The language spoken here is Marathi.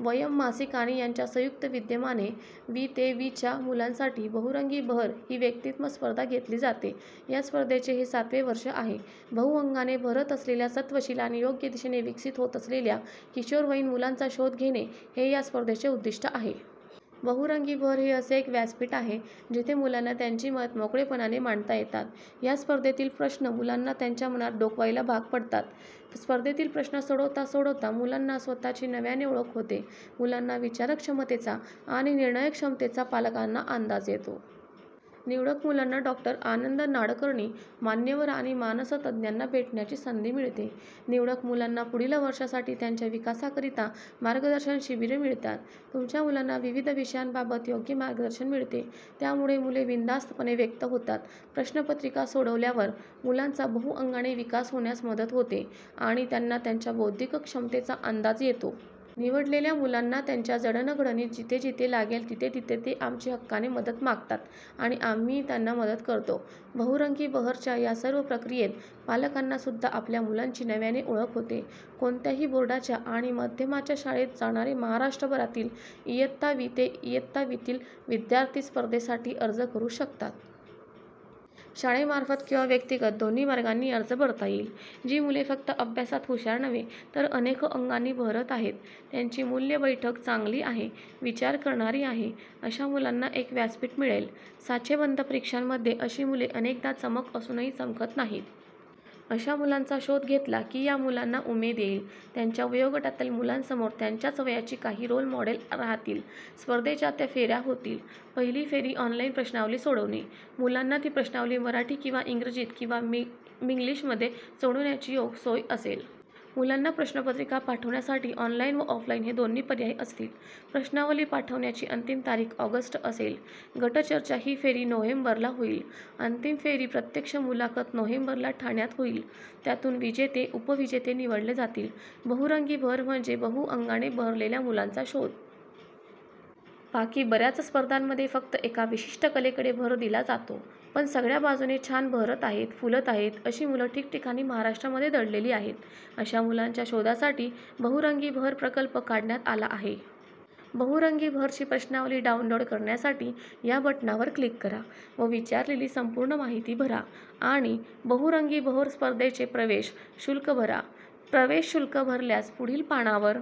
'वयम्' मासिक आणि यांच्या संयुक्त विद्यमाने वी ते वीच्या मुलांसाठी 'बहुरंगी बहर' ही व्यक्तित्व स्पर्धा घेतली जाते. या स्पर्धेचे हे सातवे वर्ष आहे. बहुअंगाने बहरत असलेल्या, सत्वशील आणि योग्य दिशेने विकसित होत असलेल्या किशोरवयीन मुलांचा शोध घेणे, हे या स्पर्धेचे उद्दिष्ट आहे. 'बहुरंगी बहर' हे असं एक व्यासपीठ आहे, जिथे मुलांना त्यांची मतं मोकळेपणाने मांडता येतात. या स्पर्धेतील प्रश्न मुलांना त्यांच्या मनात डोकवायला भाग पाडतात. स्पर्धेतील प्रश्न सोडवता सोडवता मुलांना स्वतःची नव्याने ओळख होते. मुलांच्या विचारक्षमतेचा आणि निर्णयक्षमतेचा पालकांना अंदाज येतो. निवडक मुलांना डॉ. आनंद नाडकर्णी, मान्यवर आणि मानसतज्ज्ञाना भेटण्याची संधी मिळते. निवडक मुलांना पुढील वर्षांसाठी त्यांच्या विकासाकरिता मार्गदर्शन शिबिरं मिळतात. तुमच्या मुलांना विविध विषयांबाबत योग्य मार्गदर्शन मिळते त्यामुळे मुलं बिनधास्तपणे व्यक्त होतात. प्रश्नपत्रिका सोडवल्यावर, मुलांचा बहुअंगाने विकास होण्यास मदत होते आणि त्यांना त्यांच्या बौद्धिक क्षमतेचा अंदाज येतो. निवडलेल्या मुलांना त्यांच्या जडण-घडणीत जिथे-जिथे लागेल तिथे तिथे ते आमची हक्काने मदत मागतात आणि आम्हीही त्यांना मदत करतो. 'बहुरंगी बहर'च्या या सर्व प्रक्रियेत पालकांनासुद्धा आपल्या मुलांची नव्याने ओळख होते. कोणत्याही बोर्डाच्या आणि माध्यमाच्या शाळेत जाणारे महाराष्ट्रभरातील इयत्ता वी ते वीतील विद्यार्थी स्पर्धेसाठी अर्ज करू शकतात. शाळेमार्फत किंवा व्यक्तिगत दोन्ही मार्गांनी अर्ज भरता येईल. जी मुले फक्त अभ्यासात हुशार नव्हे, तर अनेक अंगांनी बहरत आहेत, त्यांची मूल्यबैठक चांगली आहे, विचार करणारी आहेत, अशा मुलांना एक व्यासपीठ मिळेल. साचेबंद परीक्षांमध्ये अशी मुले अनेकदा चमक असूनही चमकत नाहीत. अशा मुलांचा शोध घेतला की या मुलांना उमेद येईल. त्यांच्या वयोगटातील मुलांसमोर त्यांच्याच वयाची काही रोल मॉडेल राहतील. स्पर्धेच्या ते फेऱ्या होतील. पहिली फेरी- ऑनलाइन प्रश्नावली सोडवणे. मुलांना ती प्रश्नावली मराठी किंवा इंग्रजीत किंवा मिंग्लिशमध्ये सोडवण्याची सोय असेल. मुलांना उत्तरपत्रिका पाठवण्यासाठी ऑनलाइन व ऑफलाइन हे दोन्ही पर्याय असतील. प्रश्नावली पाठवण्याची अंतिम तारीख ऑगस्ट असेल. गटचर्चा- ही फेरी नोव्हेंबरला होईल. अंतिम फेरी- प्रत्यक्ष मुलाखत नोव्हेंबरला ठाण्यात होईल. त्यातून विजेते-उपविजेते निवडले जातील. 'बहुरंगी बहर' म्हणजे बहुअंगाने बहरणाऱ्या मुलांचा शोध. बाकी बऱ्याच स्पर्धेमध्ये फक्त एका विशिष्ट कलेकडे भर दिला जातो. पण सगळ्या बाजूने छान बहरत आहेत, फुलत आहेत अशी मुलं ठिकठिकाणी महाराष्ट्रामध्ये दडलेली आहेत. अशा मुलांच्या शोधासाठीच 'बहुरंगी बहर' प्रकल्प काढण्यात आला आहे. 'बहुरंगी बहर' ची प्रश्नावली डाऊनलोड करण्यासाठी या बटणावर क्लिक करा व विचारलेली संपूर्ण माहिती भरा आणि बहुरंगी बहर स्पर्धेचे प्रवेश शुल्क भरा. प्रवेश शुल्क भरल्यास पुढील पानावर